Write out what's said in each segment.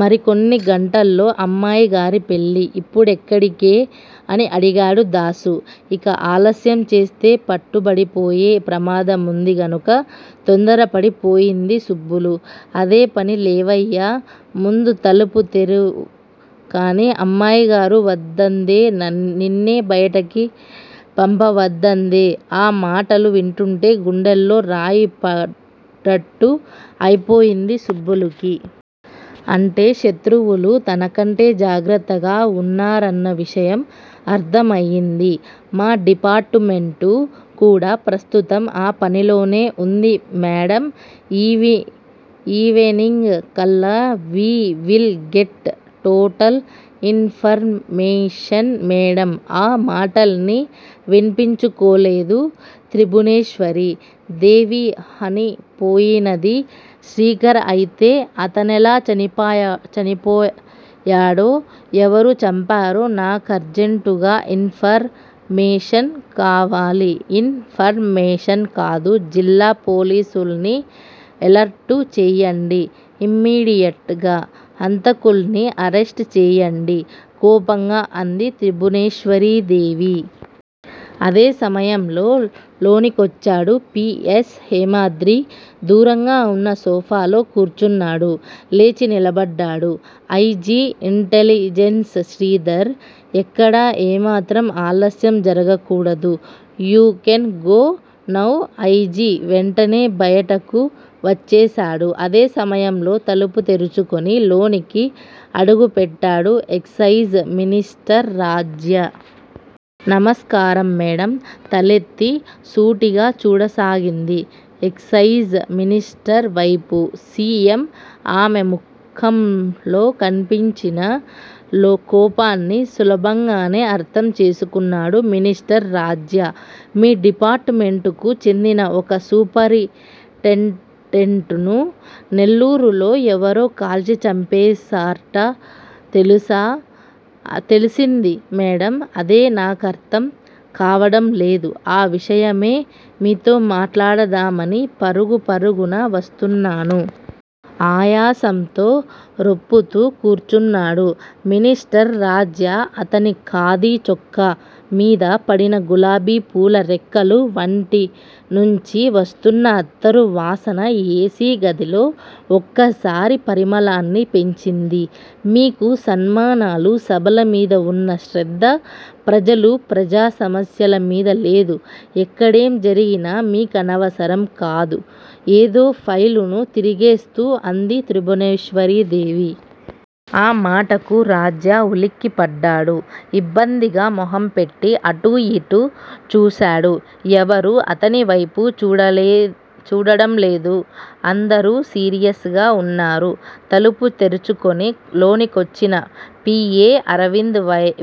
మరికొన్ని గంటల్లో అమ్మాయి గారి పెళ్ళి. ఇప్పుడెక్కడికే? అని అడిగాడు దాసు. ఇక ఆలస్యం చేస్తే పట్టుబడిపోయే ప్రమాదముంది కనుక తొందరపడి పోయింది సుబ్బులు. అదే పని లేవయ్యా ముందు తలుపు తెరువ్ కానీ అమ్మగారు వద్దందే నిన్నే బయటికి పంపవద్దందే ఆ మాటలు వింటుంటే గుండెల్లో రాయి పడ్డట్టు అయిపొయింది సుబ్బులుకి. అంటే శత్రువులు తనకంటే జాగ్రత్తగా వున్నారన్న విషయం అర్థమయింది. మా డిపార్టుమెంట్ కూడా ప్రస్తుతం ఆ పనిలోనే ఉంది మేడమ్ ఈవెనింగ్ కల్లా we will get total information madam ఆ మాటల్ని విన్పించుకోలేదు త్రిభువనేశ్వరీ దేవి హని పోయినది శ్రీకర్ అయితే అతనెలా చనిపోయాడో ఎవరు చంపారో నా కర్జంటుగా ఇన్ ఫర్ మేషన్ కావాలి ఇన్ ఫర్ మేషన్ కాదు జిల్లా పోలీసుల్ని ఎలర్టు చెయ్యండి ఇమ్మీడియట్ గా హంతకుల్ని అరెస్ట్ చెయ్యండి కోపంగా అంది త్రిభువనేశ్వరీ దేవి. అదే సమయంలో, లోనికొచ్చాడు పి. ఎస్. హేమాద్రి దూరంగా ఉన్న సోఫాలో కూర్చున్నాడు. లేచి నిలబడ్డాడు ఐ. జి. ఇంటెలిజెన్స్ శ్రీధర్. ఎక్కడా ఏమాత్రం ఆలస్యం జరగకూడదు you can go now I. G. వెంటనే బయటకు వచ్చేసాడు. అదే సమయంలో తలుపు తెరచుకుని, లోనికి అడుగుపెట్టాడు ఎక్సయిజ్ మినిస్టర్ రాజ్య. నమస్కారం మేడమ్ తలెత్తి, సూటిగా చూడసాగింది ఎక్సయిజ్ మినిస్టర్ వైపు సి. ఎం. ఆమె ముఖ్మలో కన్పించిన కోపాన్ని సులభంగానే అర్ధం చేసుకున్నాడు మినిస్టర్ రాజ్య. మీ డిపార్టుమెంటుకు చెందిన ఒక సూపరింటెండెంట్ ను నెల్లూరులో ఎవరో కాల్చి చంపేసార్ట తెలుసా తెల్సింది మేడమ్ అదే నాకర్ధం కావడం లేదు ఆ విషయమే మీతో మాట్లాడదామని, పరుగు పరుగున వస్తున్నాను. ఆయాసంతో రొప్పుతూ కూర్చున్నాడు మినిస్టర్ రాజ్య. అతని ఖాదీ చొక్కామీద పడిన గులాబీపూల రెక్కలు వంటి నుంచి వస్తున్న అత్తరు వాసన ఏసీ గదిలో ఒక్కసారి పరిమళాన్ని పెంచింది. మీకు సన్మానాలు సభల మీద వున్న శ్రద్ద- ప్రజలు ప్రజా సమస్యల మీద లేదు ఎక్కడేం జరిగినా మీకనవసరం కదూ ఏదో ఫైలుని తిరగేస్తూ అంది త్రిభువనేశ్వరీ దేవి. ఆ మాటకు రాజ్య ఉలిక్కిపడ్డాడు ఇబ్బందిగా మొహం పెట్టి అటూ యిటూ చూసాడు. ఎవరూ అతని వైపు చూడడంలేదు అందరూ సీరియస్ గా ఉన్నారు తలుపు తెరచుకొని లోనికొచ్చిన పి. ఎ. అరవింద్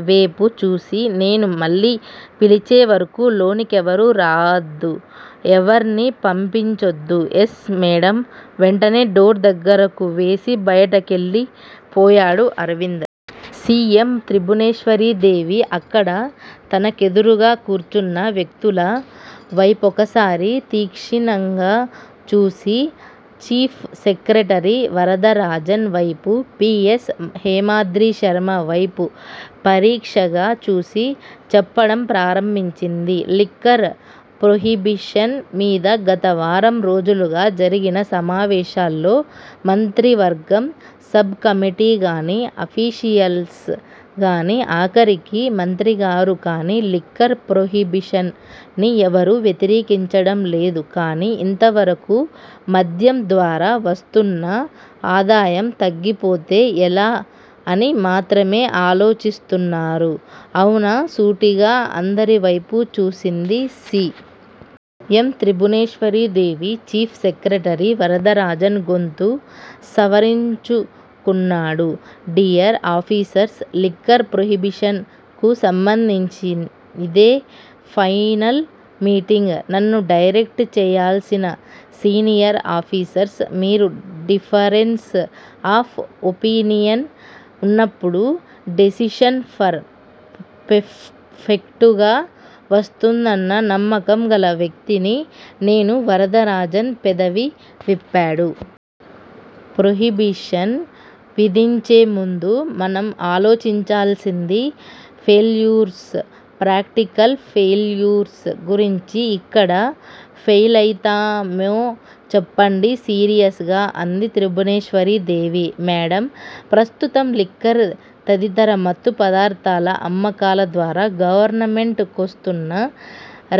వేపు చూసి- నేను మళ్ళీ పిలిచే వరకూ లోనికెవరూ రావద్దు ఎవర్నీ పంపించొద్దు ఎస్ మేడమ్ వెంటనే డోర్ దగ్గరకు వేసి, బయటికెళ్ళి పోయాడు అరవింద్. సి. ఎమ్. త్రిభువనేశ్వరీ దేవి అక్కడ తనెదురుగా కూర్చున్న వ్యక్తుల వైపొకసారి తీక్షణంగా చూసి- చీఫ్ సెక్రట్రీ వరదరాజన్ వైపు, పి. ఎస్. హేమాద్రిశర్మ వైపు పరీక్షగా చూసి చెప్పడం ప్రారంభించింది. లిక్కర్ ప్రొహిబిషన్ మీద గత వారం రోజులుగా, జరిగిన సమావేశాల్లో మంత్రివర్గం సబ్ కమిటీగాని, అఫీషియల్స్ గానీ, ఆఖరికి మంత్రిగారు కానీ, లిక్కర్ ప్రొహిబిషన్ ని ఎవరూ వ్యతిరేకించడం లేదు కానీ ఇంతవరకూ మద్యం ద్వారా వస్తున్న ఆదాయం తగ్గిపోతే ఎలా అని మాత్రమే ఆలోచిస్తున్నారు అవునా సూటిగా అందరి వైపూ చూసింది C. M. Tribhuvaneshwari Devi. Chief secretary Varadarajan గొంతు సవరించుకున్నాడు. డియర్ ఆఫీసర్స్ లిక్కర్ ప్రొహిబిషన్ కు సంబంధించి ఇదే ఫైనల్ మీటింగ్ నన్ను డైరెక్ట్ చెయ్యాల్సిన సీనియర్ ఆఫీసర్స్ మీరు డిఫరెన్స్ ఆఫ్ ఒపీనియన్ ఉన్నప్పుడు డెసిషన్ పర్ ఫెక్టుగా వస్తుందన్న నమ్మకం గల వ్యక్తిని నేను వరదరాజన్ పెదవి విప్పాడు. ప్రొహిబిషన్ విధించేముందు, మనం ఆలోచించాల్సింది ఫెయిల్యూర్స్ ప్రాక్టికల్ ఫెయిల్యూర్స్ గురించి ఎక్కడ ఫెయిలౌతామో చెప్పండి సీరియస్ గా అంది త్రిభువనేశ్వరీ దేవి. మేడమ్ ప్రస్తుతం లిక్కర్ తదితర మత్తు పదార్ధాల అమ్మకాల ద్వారా గవర్నమెంట్ కొస్తున్న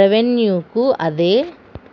రెవెన్యూకు, అదే